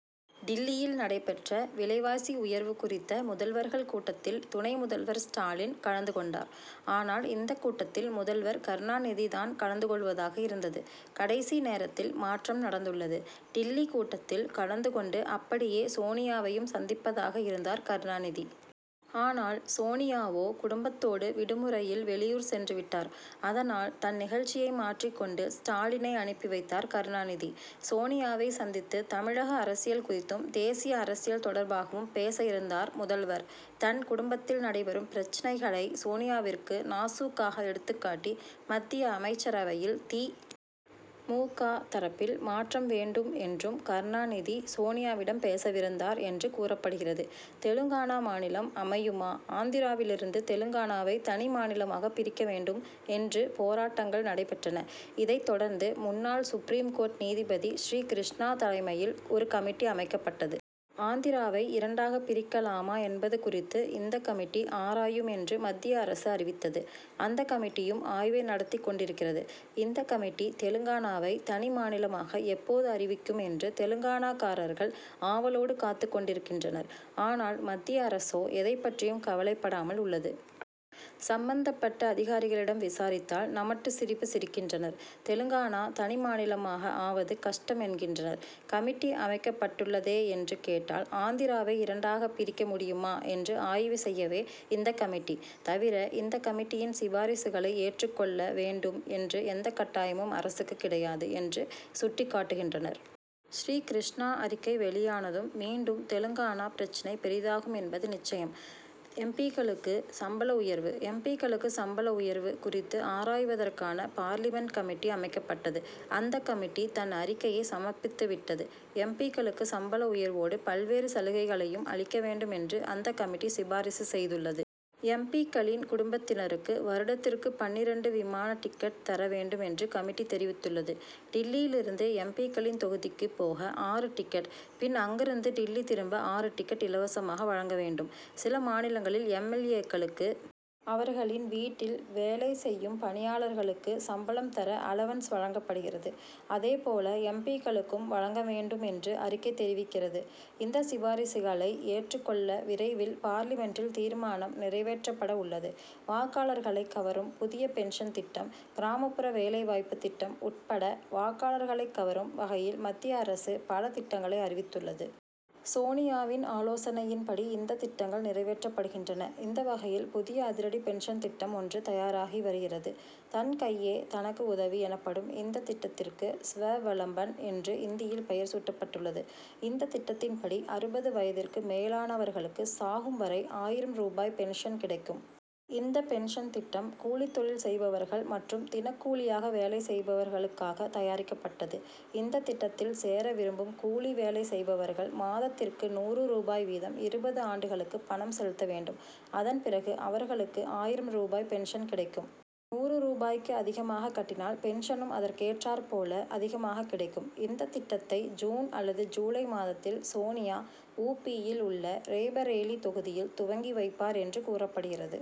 டில்லியில் நடைபெற்ற விலைவாசி உயர்வு குறித்த முதல்வர்கள் கூட்டத்தில் துணை முதல்வர் ஸ்டாலின் கலந்து கொண்டார். ஆனால், இந்தக் கூட்டத்தில் முதல்வர் கருணாநிதி தான் கலந்து கொள்வதாக இருந்தது. கடைசி நேரத்தில் மாற்றம் நடந்துள்ளது. டில்லி கூட்டத்தில் கலந்து கொண்டு அப்படியே சோனியாவையும் சந்திப்பதாக இருந்தார் கருணாநிதி. ஆனால், சோனியாவோ, குடும்பத்தோடு விடுமுறையில் வெளியூர் சென்றுவிட்டார். அதனால், தன் நிகழ்ச்சியை மாற்றிக் கொண்டு ஸ்டாலினை அனுப்பி வைத்தார் கருணாநிதி. சோனியாவை சந்தித்து தமிழக அரசியல் குறித்தும், தேசிய அரசியல் தொடர்பாகவும் பேச இருந்தார் முதல்வர். தன் குடும்பத்தில் நடைபெறும் பிரச்னைகளை சோனியாவிற்கு நாசூக்காக எடுத்துக் காட்டி, மத்திய அமைச்சரவையில் தி. மு. க., தரப்பில் மாற்றம் வேண்டும் என்றும் கருணாநிதி, சோனியாவிடம் பேசவிருந்தார் என்று கூறப்படுகிறது. தெலுங்கானா மாநிலம் அமையுமா? ஆந்திராவிலிருந்து தெலுங்கானாவை தனி மாநிலமாக பிரிக்க வேண்டும் என்று போராட்டங்கள் நடைபெற்றன. இதைத் தொடர்ந்து, முன்னாள் சுப்ரீம் கோர்ட் நீதிபதி ஸ்ரீகிருஷ்ணா தலைமையில், ஒரு கமிட்டி அமைக்கப்பட்டது. ஆந்திராவை இரண்டாகப் பிரிக்கலாமா என்பது குறித்து இந்த கமிட்டி ஆராயும் என்று மத்திய அரசு அறிவித்தது. அந்த கமிட்டியும் ஆய்வை நடத்திக் கொண்டிருக்கிறது. இந்த கமிட்டி தெலுங்கானாவை தனி மாநிலமாக எப்போது அறிவிக்கும் என்று தெலுங்கானாக்காரர்கள் ஆவலோடு காத்துக் கொண்டிருக்கின்றனர். ஆனால், மத்திய அரசோ எதைப் பற்றியும் கவலைப்படாமல் உள்ளது. சம்பந்தப்பட்ட அதிகாரிகளிடம் விசாரித்தால், நமட்டு சிரிப்பு சிரிக்கின்றனர். தெலுங்கானா தனி மாநிலமாக ஆவது கஷ்டம் என்கின்றனர். கமிட்டி அமைக்கப்பட்டுள்ளதே என்று கேட்டால், ஆந்திராவை இரண்டாகப் பிரிக்க முடியுமா என்று ஆய்வு செய்யவே இந்த கமிட்டி, தவிர இந்த கமிட்டியின் சிபாரிசுகளை ஏற்றுக் கொள்ள வேண்டும் என்று எந்த கட்டாயமும் அரசுக்குக் கிடையாது என்று சுட்டிக் காட்டுகின்றனர். ஸ்ரீகிருஷ்ணா அறிக்கை வெளியானதும் மீண்டும் தெலுங்கானா பிரச்னை பெரிதாகும் என்பது நிச்சயம். எம். பி.,க்களுக்கு சம்பள உயர்வு? எம். பி.,க்களுக்கு சம்பள உயர்வு குறித்து ஆராய்வதற்கான பார்லிமென்ட் கமிட்டி அமைக்கப்பட்டது. அந்த கமிட்டி தன் அறிக்கையை சமர்ப்பித்துவிட்டது. எம். பி.,க் களுக்கு சம்பள உயர்வோடு பல்வேறு சலுகைகளையும் அளிக்க வேண்டும் என்று அந்த கமிட்டி சிபாரிசு செய்துள்ளது. எம். பி.,க்களின் குடும்பத்தினருக்கு வருடத்திற்கு பன்னிரண்டு விமான டிக்கெட் தர வேண்டும் என்று கமிட்டி தெரிவித்துள்ளது. டில்லியிலிருந்து எம். பி.,க்களின் தொகுதிக்கு போக ஆறு டிக்கெட், பின் அங்கிருந்து டில்லி திரும்ப ஆறு டிக்கெட் இலவசமாக வழங்க வேண்டும். சில மாநிலங்களில் எம். எல். ஏ.,க்களுக்கு அவர்களின் வீட்டில் வேலை செய்யும் பணியாளர்களுக்கு சம்பளம் தர, 'அலவன்ஸ்' வழங்கப்படுகிறது. அதே போல, எம். பி.,க்களுக்கும் வழங்க வேண்டும் என்று அறிக்கை தெரிவிக்கிறது. இந்த சிபாரிசுகளை ஏற்றுக் கொள்ள விரைவில், பார்லிமென்ட்டில் தீர்மானம் நிறைவேற்றப்பட உள்ளது. வாக்காளர்களை கவரும் புதிய பென்ஷன் திட்டம்: கிராமப்புற வேலை வாய்ப்பு திட்டம் உட்பட வாக்காளர்களைக் கவரும் வகையில், மத்திய அரசு பல திட்டங்களை அறிவித்துள்ளது. சோனியாவின் ஆலோசனையின்படி இந்த திட்டங்கள் நிறைவேற்றப்படுகின்றன. இந்த வகையில், புதிய அதிரடி பென்ஷன் திட்டம் ஒன்று தயாராகி வருகிறது. தன் கையே தனக்கு உதவி எனப்படும் இந்த திட்டத்திற்கு, 'ஸ்வவலம்பன்' என்று இந்தியில் பெயர் சூட்டப்பட்டுள்ளது. இந்த திட்டத்தின்படி, அறுபது வயதிற்கு மேலானவர்களுக்கு சாகும் வரை ஆயிரம் ரூபாய் பென்ஷன் கிடைக்கும். இந்த பென்ஷன் திட்டம் கூலித் தொழில் செய்பவர்கள் மற்றும் தினக்கூலியாக வேலை செய்பவர்களுக்காக தயாரிக்கப்பட்டது. இந்த திட்டத்தில் சேர விரும்பும் கூலி வேலை செய்பவர்கள் மாதத்திற்கு நூறு ரூபாய் வீதம் இருபது ஆண்டுகளுக்கு பணம் செலுத்த வேண்டும். அதன் பிறகு அவர்களுக்கு ஆயிரம் ரூபாய் பென்ஷன் கிடைக்கும். நூறு ரூபாய்க்கு அதிகமாக கட்டினால், பென்ஷனும் அதற்கேற்றாற் போல அதிகமாக கிடைக்கும். இந்த திட்டத்தை ஜூன் அல்லது ஜூலை மாதத்தில், சோனியா, உ. பி.,யில் உள்ள ரேபரேலி தொகுதியில் துவங்கி வைப்பார் என்று கூறப்படுகிறது.